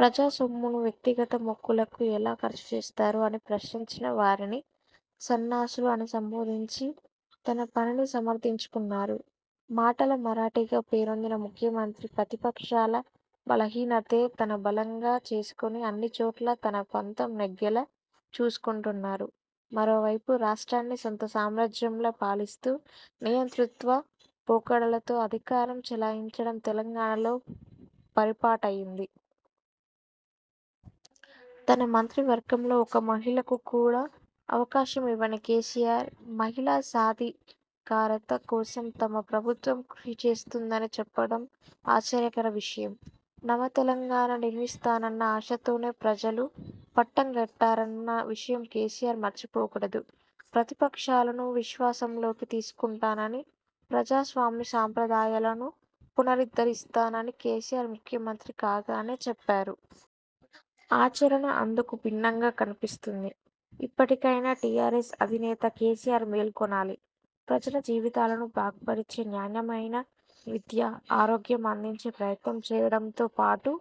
ప్రజా సొమ్ముని వ్యక్తిగత మొక్కులకు ఎలా ఖర్చుచేస్తారు అని ప్రశ్నించిన వారిని 'సన్నాసులు' అని సంబోధించి తన పనిని సమర్థించుకున్నారు. మాటల మరాఠీ గా పేరొందిన ముఖ్యమంత్రి ప్రతిపక్షాల బలహీనతనే తన బలంగా చేసుకుని అన్నిచోట్లా తన పంతం నెగ్గేలా చూసుకుంటున్నారు. మరో వైపు రాష్ట్రాన్ని సొంత సామ్రాజ్యంలా పాలిస్తూ నియంతృత్వ పోకడలతో అధికారం చెలాయించడం తెలంగాణ లో పరిపాటయ్యింది. తన మంత్రి వర్గంలో ఒక మహిళకు కూడా అవకాశం ఇవ్వని కేసీఆర్ మహిళా సాధికారత కోసం తమ ప్రభుత్వం కృషి చేస్తుందని చెప్పడం ఆశ్చర్యకర విషయం. నవ తెలంగాణ నిర్మిస్తారన్న ఆశతోనే ప్రజలు పట్టం గట్టారన్న విషయం కేసీఆర్ మర్చి పోకూడదు. ప్రతి పక్షాలను విశ్వాసంలోకి తీసుకుంటానని, ప్రజాస్వామ్య సాంప్రదాయాలను పునరుద్ధరిస్తానని కేసీఆర్ ముఖ్యమంత్రి కాగానే చెప్పారు. ఆచరణ అందుకు భిన్నంగా కనిపిస్తుంది. ఇప్పటి కైనా టీఆర్ఎస్ అధినేత కేసీఆర్ మేల్కొనాలి. ప్రజల జీవితాలను బాగు పరిచే నాణ్యమైన విద్య, ఆరోగ్యం అందించే ప్రయత్నం చేయడంతో బాటు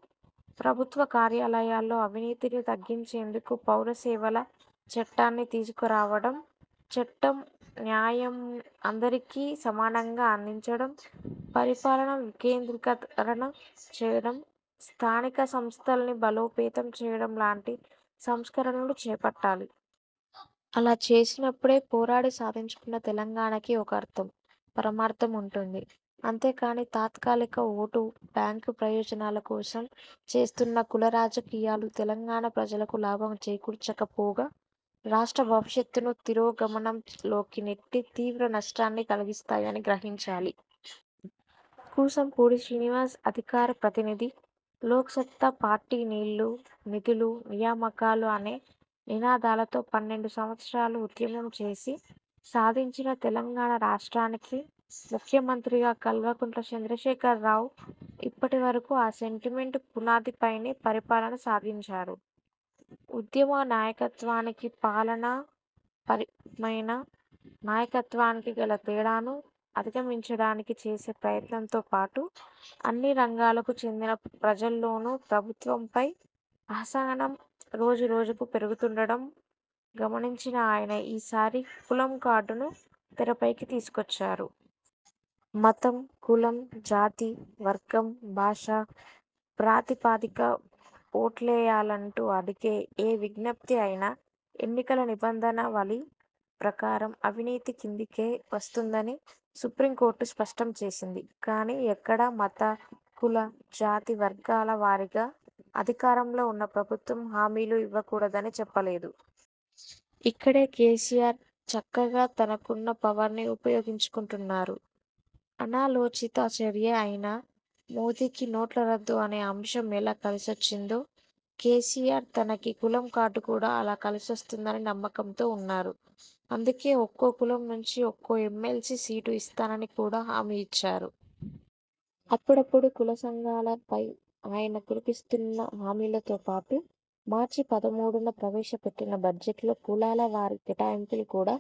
ప్రభుత్వ కార్యాలయాల్లో అవినీతిని తగ్గించేందుకు పౌర సేవల చట్టాన్ని తీసుకు రావడం, చట్టం న్యాయం అందరికీ సమానంగా అందించడం, పరిపాలన వికేంద్రీకరణ చేయడం, స్థానిక సంస్థల్ని బలోపేతం చేయడం లాంటి సంస్కరణలు చేపట్టాలి. అలా చేసినప్పుడే పోరాడి సాధించుకున్న తెలంగాణ కి ఒక అర్థం, పరమార్థం ఉంటుంది. అంతే కానీ తాత్కాలిక ఓటు బ్యాంకు ప్రయోజనాల కోసం చేస్తున్న కుల రాజకీయాలు తెలంగాణ ప్రజలకు లాభం చేకూర్చక పోగా రాష్ట్ర భవిష్యత్తును తిరోగమనం లోకి నెట్టి తీవ్ర నష్టాన్ని కలిగిస్తాయని గ్రహించాలి. కూసం పూడి శ్రీనివాస్ అధికార ప్రతినిధి, లోక్సత్తా పార్టీ నీళ్లు, నిధులు, నియామకాలు అనే నినాదాలతో పన్నెండు సంవత్సరాలు ఉద్యమం చేసి సాధించిన తెలంగాణ రాష్ట్రానికి ముఖ్యమంత్రిగా కల్వకుంట చంద్రశేఖర్ రావు ఇప్పటి వరకూ ఆ సెంటిమెంట్ పునాది పైనే పరిపాలన సాగించారు. ఉద్యమ నాయకత్వానికీ పాలనా పరమైన నాయకత్వానికీ గల తేడాను అధిగమించడానికి చేసే ప్రయత్నంతో పాటు, అన్ని రంగాలకు చెందిన ప్రజల్లోనూ ప్రభుత్వంపై అసహనం రోజు రోజుకూ పెరుగుతుండడం గమనించిన ఆయన ఈసారి కులం కార్డును తెరపైకి తీసుకొచ్చారు. మతం, కులం, జాతి, వర్గం, భాష ప్రాతి పదికగా ఓట్లేయాలంటూ అడిగే ఏ విజ్ఞప్తి అయినా ఎన్నికల నిబంధనా వళి ప్రకారం అవినీతి కిందికే వస్తుందని సుప్రీంకోర్టు స్పష్టం చేసింది. కానీ ఎక్కడా మత, కుల, జాతి, వర్గాల వారీగా అధికారంలో ఉన్న ప్రభుత్వం హామీలు ఇవ్వకూడదని చెప్పలేదు. ఇక్కడే కేసీఆర్ చక్కగా తనకున్న పవర్ని ఉపయోగించుకుంటున్నారు. అనాలోచిత చర్యే అయినా మోదీకి నోట్ల రద్దు అనే అంశం ఎలా కలిసొచ్చిందో కేసీఆర్ తనకి కులం కార్డు కూడా అలా కలిసొస్తుందని నమ్మకంతో ఉన్నారు. అందుకే ఒక్కో కులం నుంచి ఒక్కో ఎమ్మెల్సీ సీటు ఇస్తానని కూడా హామీ ఇచ్చారు. అప్పుడప్పుడూ కుల సంఘాల పై ఆయన కురిపిస్తున్న హామీలతో పాటు మార్చి పదమూడున ప్రవేశపెట్టిన బడ్జెట్లో కులాల వారీ కేటాయింపులు కూడా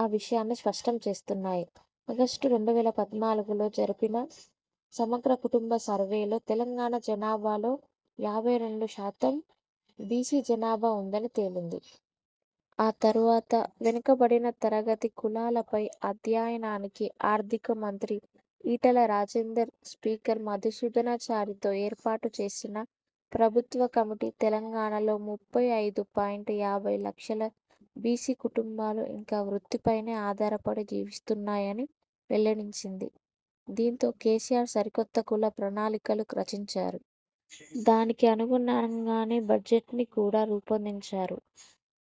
ఆ విషయాన్ని స్పష్టం చేస్తున్నాయి. ఆగస్టు రెండు వేల పద్నాలుగులో జరిపిన సమగ్ర కుటుంబ సర్వేలో తెలంగాణ జనాభాలో యాభై రెండు శాతం బీసీ జనాభా ఉందని తేలింది. ఆ తరువాత వెనుకబడిన తరగతి కులాలపై అధ్యయనానికి ఆర్థిక మంత్రి ఈటెల రాజేందర్, స్పీకర్ మధుసూదనా చారితో ఏర్పాటు చేసిన ప్రభుత్వ కమిటీ తెలంగాణలో ముప్పై ఐదు పాయింట్ యాభై లక్షల బీసీ కుటుంబాలు ఇంకా వృత్తి పైనే ఆధారపడి జీవిస్తున్నాయని వెల్లడించింది. దీంతో కేసీఆర్ సరికొత్త కుల ప్రణాళికలు రచించారు. దానికి అనుగుణంగానే బడ్జెట్ని కూడా రూపొందించారు.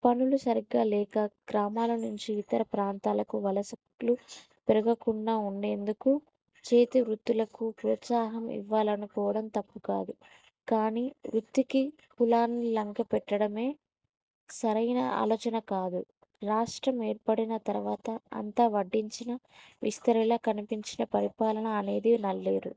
పనులు సరిగ్గా లేక గ్రామాల నుంచి ఇతర ప్రాంతాలకు వలసలు పెరగ కుండా ఉండేందుకు చేతి వృత్తులకు ప్రోత్సాహం ఇవ్వాలనుకోవడం తప్పుకాదు. కానీ వృత్తికి, కులాన్ని లంకె పెట్టడమే సరైన ఆలోచన కాదు. రాష్ట్రం ఏర్పడిన తరువాత అంతా వడ్డించిన విస్తరిలా కనిపించినా పరిపాలన అనేది నల్లేరు